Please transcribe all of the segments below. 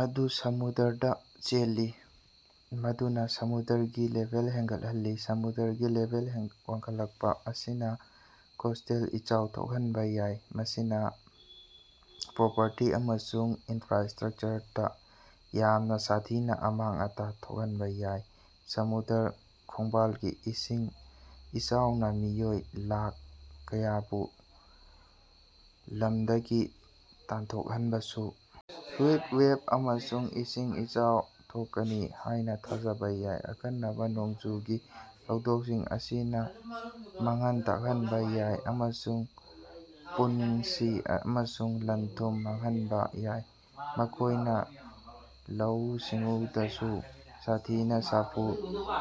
ꯑꯗꯨ ꯁꯃꯨꯗꯔꯗꯥ ꯆꯦꯜꯂꯤ, ꯃꯗꯨꯅꯥ ꯁꯃꯨꯗꯔꯒꯤ ꯂꯦꯚꯦꯜ ꯍꯦꯟꯒꯠꯍꯜꯂꯤ꯫ ꯁꯃꯨꯗꯔꯒꯤ ꯂꯦꯚꯦꯜ ꯋꯥꯡꯈꯠꯂꯛꯄꯥ ꯑꯁꯤꯅꯥ ꯀꯣꯁꯇꯦꯜ ꯏꯆꯥꯎ ꯊꯣꯛꯍꯟꯕꯥ ꯌꯥꯏ, ꯃꯁꯤꯅꯥ ꯄ꯭ꯔꯣꯄꯔꯇꯤ ꯑꯃꯁꯨꯡ ꯏꯅꯐ꯭ꯔꯥꯁꯇ꯭ꯔꯛꯆꯔꯗꯥ ꯌꯥꯝꯅꯥ ꯁꯥꯊꯤꯅꯥ ꯑꯃꯥꯡ-ꯑꯇꯥ ꯊꯣꯛꯍꯟꯕꯥ ꯌꯥꯏ꯫ ꯁꯃꯨꯗꯔ ꯈꯣꯡꯕꯥꯜꯒꯤ ꯏꯁꯤꯡ ꯏꯆꯥꯎꯅꯥ ꯃꯤꯑꯣꯏ ꯂꯥꯈ ꯀꯌꯥꯕꯨ ꯂꯝꯗꯒꯤ ꯇꯥꯟꯊꯣꯛꯍꯟꯕꯁꯨ ꯍꯤꯠ ꯋꯦꯚ ꯑꯃꯁꯨꯡ ꯏꯁꯤꯡ ꯏꯆꯥꯎ ꯊꯣꯛꯀꯅꯤ ꯍꯥꯏꯅꯥ ꯊꯥꯖꯕꯥ ꯌꯥꯏ꯫ ꯑꯀꯟꯅꯕꯥ ꯅꯣꯡꯖꯨꯒꯤ ꯊꯧꯗꯣꯛꯁꯤꯡ ꯑꯁꯤꯅꯥ ꯃꯥꯡꯍꯟ ꯇꯥꯛꯍꯟꯕꯥ ꯌꯥꯏ ꯑꯃꯁꯨꯡ ꯄꯨꯟꯁꯤ ꯑꯃꯁꯨꯡ ꯂꯟ-ꯊꯨꯝ ꯃꯥꯡꯍꯟꯕꯥ ꯌꯥꯏ꯫ ꯃꯈꯣꯏꯅꯥ ꯂꯧꯎ-ꯁꯤꯡꯎꯗꯁꯨ ꯁꯥꯊꯤꯅꯥ ꯁꯥꯐꯨ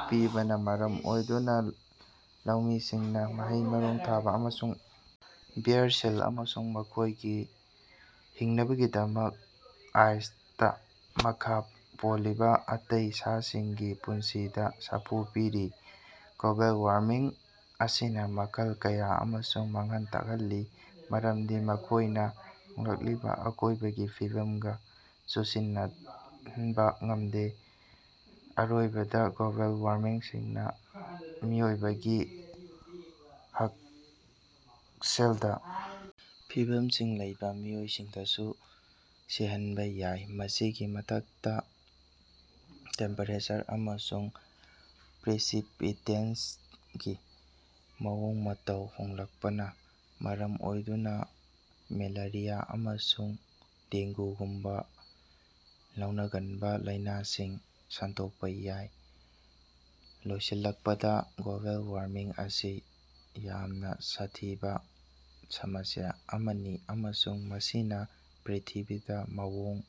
ꯄꯤꯕꯅꯥ ꯃꯔꯝ ꯑꯣꯏꯗꯨꯅꯥ ꯂꯧꯃꯤꯁꯤꯡꯅꯥ ꯃꯍꯩ-ꯃꯔꯣꯡ ꯊꯥꯕꯥ ꯑꯃꯁꯨꯡ ꯕꯦꯌꯥꯔ, ꯁꯤꯜ ꯑꯃꯁꯨꯡ ꯃꯈꯣꯏꯒꯤ ꯍꯤꯡꯅꯕꯒꯤꯗꯃꯛ ꯑꯥꯏꯁꯇꯥ ꯃꯈꯥ ꯄꯣꯜꯂꯤꯕꯥ ꯑꯇꯩ ꯁꯥꯁꯤꯡꯒꯤ ꯄꯨꯟꯁꯤꯗꯥ ꯁꯥꯐꯨ ꯄꯤꯔꯤ꯫ ꯒꯣꯕꯦꯜ ꯋꯥꯔꯃꯤꯡ ꯑꯁꯤꯅꯥ ꯃꯈꯜ ꯀꯌꯥ ꯑꯃꯁꯨ ꯃꯥꯡꯍꯟ ꯇꯥꯛꯍꯜꯂꯤ, ꯃꯔꯝꯗꯤ ꯃꯈꯣꯏꯅꯥ ꯍꯣꯡꯂꯛꯂꯤꯕꯥ ꯑꯀꯣꯏꯕꯒꯤ ꯐꯤꯕꯝꯒꯥ ꯆꯨꯁꯤꯟꯅꯍꯟꯕꯥ ꯉꯝꯗꯦ꯫ ꯑꯔꯣꯏꯕꯗꯥ, ꯒꯣꯕꯦꯜ ꯋꯥꯔꯃꯤꯡꯅꯥ ꯃꯤꯑꯣꯏꯕꯒꯤ ꯍꯛꯁꯦꯜꯗꯥ ꯐꯤꯚꯝꯁꯤꯡ ꯂꯩꯕꯥ ꯃꯤꯑꯣꯏꯁꯤꯡꯗꯁꯨ ꯁꯤꯍꯟꯕꯥ ꯌꯥꯏ꯫ ꯃꯁꯤꯒꯤ ꯃꯊꯛꯇꯥ, ꯇꯦꯝꯄꯦꯔꯦꯆꯔ ꯑꯃꯁꯨꯡ ꯄ꯭ꯔꯦꯁꯤꯄꯤꯇꯦꯟꯁꯒꯤ ꯃꯑꯣꯡ-ꯃꯇꯧ ꯍꯣꯡꯂꯛꯄꯅꯥ ꯃꯔꯝ ꯑꯣꯏꯗꯨꯅꯥ ꯃꯦꯂꯦꯔꯤꯌꯥ ꯑꯃꯁꯨꯡ ꯗꯦꯡꯒꯨꯒꯨꯝꯕꯥ ꯂꯧꯅꯒꯟꯕꯥ ꯂꯥꯏꯅꯥꯁꯤꯡ ꯁꯟꯗꯣꯛꯄꯥ ꯌꯥꯏ꯫ ꯂꯣꯏꯁꯤꯜꯂꯛꯄꯗꯥ, ꯒꯣꯕꯦꯜ ꯋꯥꯔꯃꯤꯡ ꯑꯁꯤ ꯌꯥꯝꯅꯥ ꯁꯥꯊꯤꯕꯥ ꯁꯃꯁ꯭ꯌꯥ ꯑꯃꯅꯤ ꯑꯃꯁꯨꯡ ꯃꯁꯤꯅꯥ ꯄ꯭ꯔꯤꯊꯤꯕꯤꯗꯥ ꯃꯑꯣꯡ